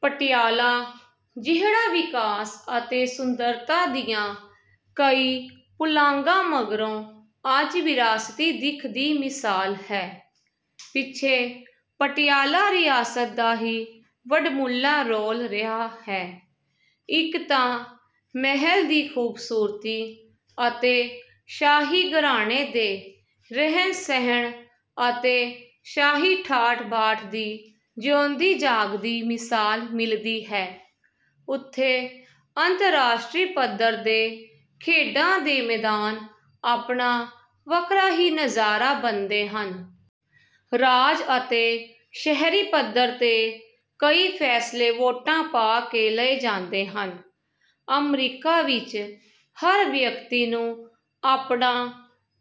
ਪਟਿਆਲਾ, ਜਿਹੜਾ ਵਿਕਾਸ ਅਤੇ ਸੁੰਦਰਤਾ ਦੀਆਂ ਕਈ ਪੁਲਾਂਘਾਂ ਮਗਰੋਂ ਅੱਜ ਵਿਰਾਸਤੀ ਦਿੱਖ ਦੀ ਮਿਸਾਲ ਹੈ, ਪਿੱਛੇ ਪਟਿਆਲਾ ਰਿਆਸਤ ਦਾ ਹੀ ਵੱਡਮੁਲਾ ਰੋਲ ਰਿਹਾ ਹੈ। ਇੱਕ ਤਾਂ ਮਹਿਲ ਦੀ ਖੂਬਸੂਰਤੀ ਅਤੇ ਸ਼ਾਹੀ ਘਰਾਣੇ ਦੇ ਰਹਿਣ ਸਹਿਣ ਅਤੇ ਸ਼ਾਹੀ ਠਾਠ ਬਾਠ ਦੀ ਜਿਊਂਦੀ ਜਾਗਦੀ ਮਿਸਾਲ ਮਿਲਦੀ ਹੈ, ਉਥੇ ਅੰਤਰਾਸ਼ਟਰੀ ਪੱਧਰ ਦੇ ਖੇਡਾਂ ਦੇ ਮੈਦਾਨ ਆਪਣਾ ਵੱਖਰਾ ਹੀ ਨਜ਼ਾਰਾ ਬੰਨ੍ਹਦੇ ਹਨ। ਰਾਜ ਅਤੇ ਸ਼ਹਿਰੀ ਪੱਧਰ 'ਤੇ ਕਈ ਫ਼ੈਸਲੇ ਵੋਟਾਂ ਪਾ ਕੇ ਲਏ ਜਾਂਦੇ ਹਨ। ਅਮਰੀਕਾ ਵਿੱਚ ਹਰ ਵਿਅਕਤੀ ਨੂੰ ਆਪਣਾ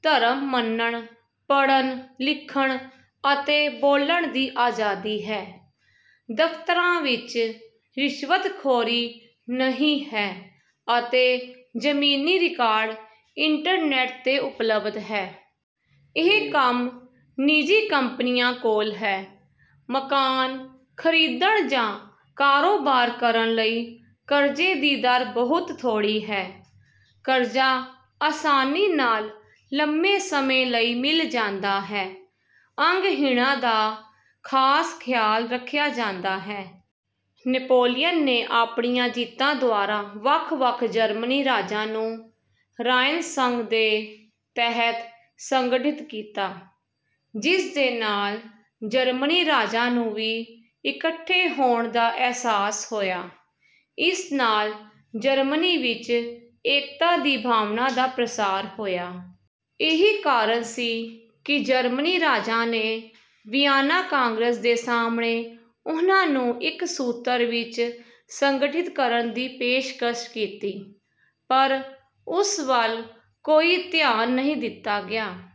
ਧਰਮ ਮੰਨਣ, ਪੜ੍ਹਨ, ਲਿਖਣ ਅਤੇ ਬੋਲਣ ਦੀ ਆਜ਼ਾਦੀ ਹੈ। ਦਫ਼ਤਰਾਂ ਵਿੱਚ ਰਿਸ਼ਵਤਖੋਰੀ ਨਹੀਂ ਹੈ ਅਤੇ ਜ਼ਮੀਨੀ ਰਿਕਾਰਡ ਇੰਟਰਨੈੱਟ 'ਤੇ ਉਪਲਬਧ ਹੈ। ਇਹ ਕੰਮ ਨਿੱਜੀ ਕੰਪਨੀਆਂ ਕੋਲ ਹੈ। ਮਕਾਨ ਖ਼ਰੀਦਣ ਜਾਂ ਕਾਰੋਬਾਰ ਕਰਨ ਲਈ ਕਰਜ਼ੇ ਦੀ ਦਰ ਬਹੁਤ ਥੋੜ੍ਹੀ ਹੈ। ਕਰਜ਼ਾ ਆਸਾਨੀ ਨਾਲ ਲੰਮੇ ਸਮੇਂ ਲਈ ਮਿਲ ਜਾਂਦਾ ਹੈ। ਅੰਗਹੀਣਾਂ ਦਾ ਖ਼ਾਸ ਖਿਆਲ ਰੱਖਿਆ ਜਾਂਦਾ ਹੈ। ਨੇਪੋਲਿਅਨ ਨੇ ਆਪਣੀਆਂ ਜਿੱਤਾਂ ਦੁਆਰਾ ਵੱਖ ਵੱਖ ਜਰਮਨੀ ਰਾਜਾਂ ਨੂੰ ਰਾਈਨ-ਸੰਘ ਦੇ ਤਹਿਤ ਸੰਗਠਿਤ ਕੀਤਾ, ਜਿਸਦੇ ਨਾਲ ਜਰਮਨੀ ਰਾਜਾਂ ਨੂੰ ਵੀ ਇਕੱਠੇ ਹੋਣ ਦਾ ਅਹਿਸਾਸ ਹੋਇਆ। ਇਸ ਨਾਲ ਜਰਮਨੀ ਵਿੱਚ ਏਕਤਾ ਦੀ ਭਾਵਨਾ ਦਾ ਪ੍ਰਸਾਰ ਹੋਇਆ। ਇਹੀ ਕਾਰਨ ਸੀ ਕਿ ਜਰਮਨੀ ਰਾਜਾਂ ਨੇ ਵਿਆਨਾ ਕਾਂਗਰਸ ਦੇ ਸਾਹਮਣੇ ਉਹਨਾਂ ਨੂੰ ਇੱਕ ਸੂਤਰ ਵਿੱਚ ਸੰਗਠਿਤ ਕਰਨ ਦੀ ਪੇਸ਼ਕਸ਼ ਕੀਤੀ, ਪਰ ਉਸ ਵੱਲ ਕੋਈ ਧਿਆਨ ਨਹੀਂ ਦਿੱਤਾ ਗਿਆ।